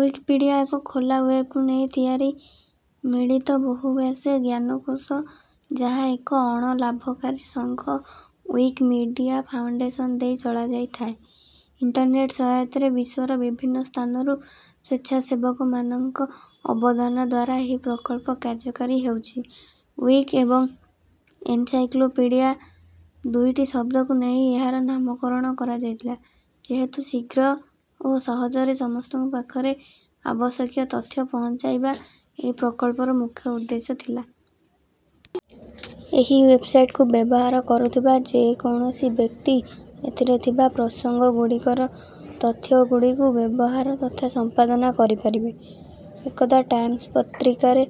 Wikipedia ଏକ ଖୋଲା ୱେବକୁ ନେଇ ତିଆରି ମିଳିତ ବହୁଭାଷୀ ଜ୍ଞାନକୋଷ ଯାହା ଏକ ଅଣଲାଭକାରୀ ସଙ୍ଘ ଉଇକିମିଡ଼ିଆ ଫାଉଣ୍ଡେସନ ଦେଇ ଚଳାଯାଇଥାଏ। ଇଣ୍ଟର୍ନେଟ ସହାୟତାରେ ବିଶ୍ୱର ବିଭିନ୍ନ ସ୍ଥାନରୁ ସ୍ୱେଚ୍ଛାସେବକ ମାନଙ୍କ ଅବଦାନଦ୍ୱାରା ଏହି ପ୍ରକଳ୍ପ କାର୍ଯ୍ୟକାରୀ ହେଉଛି ଉଇକି ଏବଂ ଏନସାଇକ୍ଳୋପିଡ଼ିଆ ଦୁଇଟି ଶବ୍ଦକୂ ନେଇ ଏହାର ନାମକରଣ କରାଯାଇଥିଲା ଯେହେତୁ ଶୀଘ୍ର ଓ ସହଜରେ ସମସ୍ତଙ୍କ ପାଖରେ ଆବଶ୍ୟକୀୟ ତଥ୍ୟ ପହଞ୍ଚାଇବା ଏହି ପ୍ରକଳ୍ପର ମୁଖ୍ୟ ଉଦ୍ଦେଶ୍ୟ ଥିଲା। ଏହି ୱେବସାଇଟକୁ ବ୍ୟବହାର କରୁଥିବା ଯେକୌଣସି ବ୍ୟକ୍ତି ଏଥିରେ ଥିବା ପ୍ରସଙ୍ଗ ଗୁଡ଼ିକର ତଥ୍ୟ ଗୁଡ଼ିକୁ ବ୍ୟବହାର ତଥା ସମ୍ପାଦନା କରିପାରିବେ। ଏକଦା ଟାଇମ୍ସ ପତ୍ରିକାରେ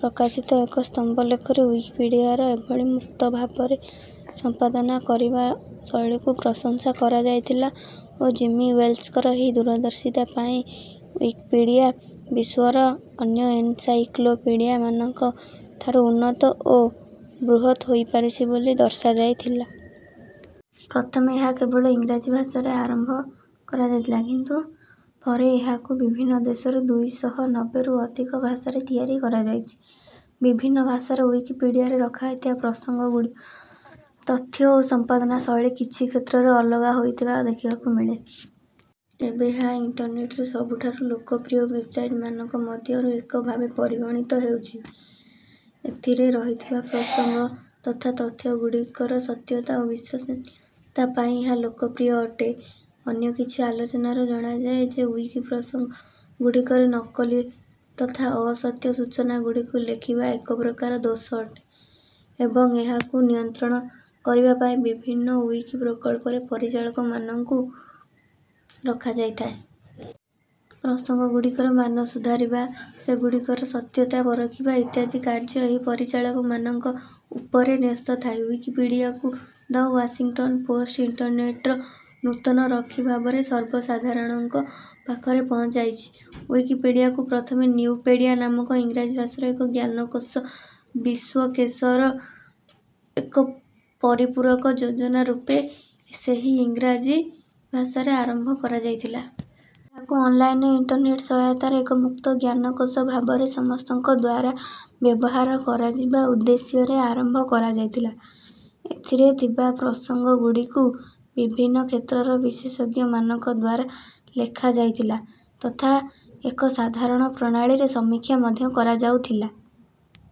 ପ୍ରକାଶିତ ଏକ ସ୍ତମ୍ଭଲେଖରେ ଉଇକିପିଡ଼ିଆର ଏଭଳି ମୁକ୍ତ ଭାବରେ ସମ୍ପାଦନା କରିବା ଶୈଳୀ କୁ ପ୍ରଶଂସା କରାଯାଇଥିଲା ଓ ଜିମି ୱେଲ୍ସଙ୍କର ଏହି ଦୂରଦର୍ଶିତା ପାଇଁ ଉଇକିପିଡ଼ିଆ ବିଶ୍ୱର ଅନ୍ୟ ଏନସାଇକ୍ଳୋପିଡ଼ିଆ ମାନଙ୍କ ଠାରୁ ଉନ୍ନତ ଓ ବୃହତ ହୋଇପାରିଛି ବୋଲି ଦର୍ଶା ଯାଇଥିଲା। ପ୍ରଥମେ ଏହା କେବଳ ଇଂରାଜୀ ଭାଷାରେ ଆରମ୍ଭ କରଯାଇଥିଲା। କିନ୍ତୁ ପରେ ଏହାକୁ ବିଭିନ୍ନ ଦେଶରେ ଦୁଇଶହ ନବେରୁ ଅଧିକ ଭାଷାରେ ତିଆରି କରଯାଇଛି। ବିଭିନ୍ନ ଭାଷାର ଉଇକିପିଡ଼ିଆରେ ରଖାଯାଇଥିବା ପ୍ରସଙ୍ଗ ଗୁଡ଼ିକର ତଥ୍ୟ ଓ ସାମ୍ପାଦନା ଶୈଳୀ କିଛି କ୍ଷେତ୍ରରେ ଅଲଗା ଅଲଗା ହୋଇଥିବା ଦେଖିବାକୁ ମିଳେ। ଏବେ ଏହା ଇଣ୍ଟର୍ନେଟରେ ସବୁଠାରୁ ଲୋକପ୍ରିୟ ୱେବସାଇଟ ମାନଙ୍କ ମଧ୍ୟରୁ ଏକ ଭାବରେ ପରିଗଣିତ ହେଉଛି। ଏଥିରେ ରହିଥିବା ପ୍ରସଙ୍ଗ ତଥା ତଥ୍ୟ ଗୁଡ଼ିକର ସତ୍ୟତା ଓ ବିଶ୍ୱାସନୀୟତା ପାଇଁ ଏହା ଲୋକପ୍ରିୟ ଅଟେ। ଅନ୍ୟ କିଛି ଆଲୋଚନାରୁ ଜଣାଯାଏ ଯେ ଉଇକି ପ୍ରସଙ୍ଗ ଗୁଡ଼ିକରେ ନକଲି ତଥା ଅସତ୍ୟ ସୂଚନା ଗୁଡ଼ିକୁ ଲେଖିବା ଏକ ପ୍ରକାର ଦୋଷ ଅଟେ ଏବଂ ଏହାକୁ ନିୟନ୍ତ୍ରଣ କରିବା ପାଇଁ ବିଭିନ୍ନ ଉଇକି ପ୍ରକଳ୍ପରେ ପରିଚାଳକ ମାନଙ୍କୁ ରଖାଯାଇଥାଏ। ପ୍ରସଙ୍ଗ ଗୁଡ଼ିକର ମାନ ସୁଧାରିବା ସେଗୁଡ଼ିକର ସତ୍ୟତା ପରଖିବା ଇତ୍ୟାଦି କାର୍ଯ୍ୟ ଏହି ପରିଚାଳକ ମାନଙ୍କ ଉପରେ ନ୍ୟସ୍ତ ଥାଏ। ଉଇକିପିଡ଼ିଆକୁ ଦ ୱାସିଙ୍ଗଟନ ପୋଷ୍ଟ ଇଣ୍ଟର୍ନେଟର ନୂତନ ରକ୍ଷୀ ଭାବରେ ସର୍ବସାଧାରଣଙ୍କ ପାଖରେ ପହଞ୍ଚାଇଛି। ଉଇକିପିଡ଼ିଆକୁପ୍ରଥମେ ନ୍ୟୁପେଡ଼ିଆ ନାମକ ଇଂରାଜୀ ଭାଷାର ଏକ ଜ୍ଞାନକୋଷ ବିଶ୍ୱକେଷର ଏକ ପରିପୂରକ ଯୋଜନା ରୂପେ ସେହି ଇଂରାଜୀ ଭାଷାରେ ଆରମ୍ଭ କରାଯାଇଥିଲା। ଏହାକୁ ଅନଲାଇନରେ ଇଣ୍ଟର୍ନେଟ ସହାୟତାରେ ଏକ ମୁକ୍ତ ଜ୍ଞାନକୋଷ ଭାବରେ ସମସ୍ତଙ୍କଦ୍ୱାରା ବ୍ୟବହାର କରାଯିବା ଉଦ୍ଦେଶ୍ୟରେ ଆରମ୍ଭ କରଯାଇଥିଲା। ଏଥିରେ ଥିବା ପ୍ରସଙ୍ଗ ଗୁଡ଼ିକୁ ବିଭିନ୍ନ କ୍ଷେତ୍ରର ବିଶେଷଜ୍ଞ ମାନଙ୍କଦ୍ୱାରା ଲେଖା ଯାଇଥିଲା ତଥା ଏକ ସାଧାରଣ ପ୍ରଣାଳୀରେ ସମୀକ୍ଷା ମଧ୍ୟ କରଯାଉଥିଲା।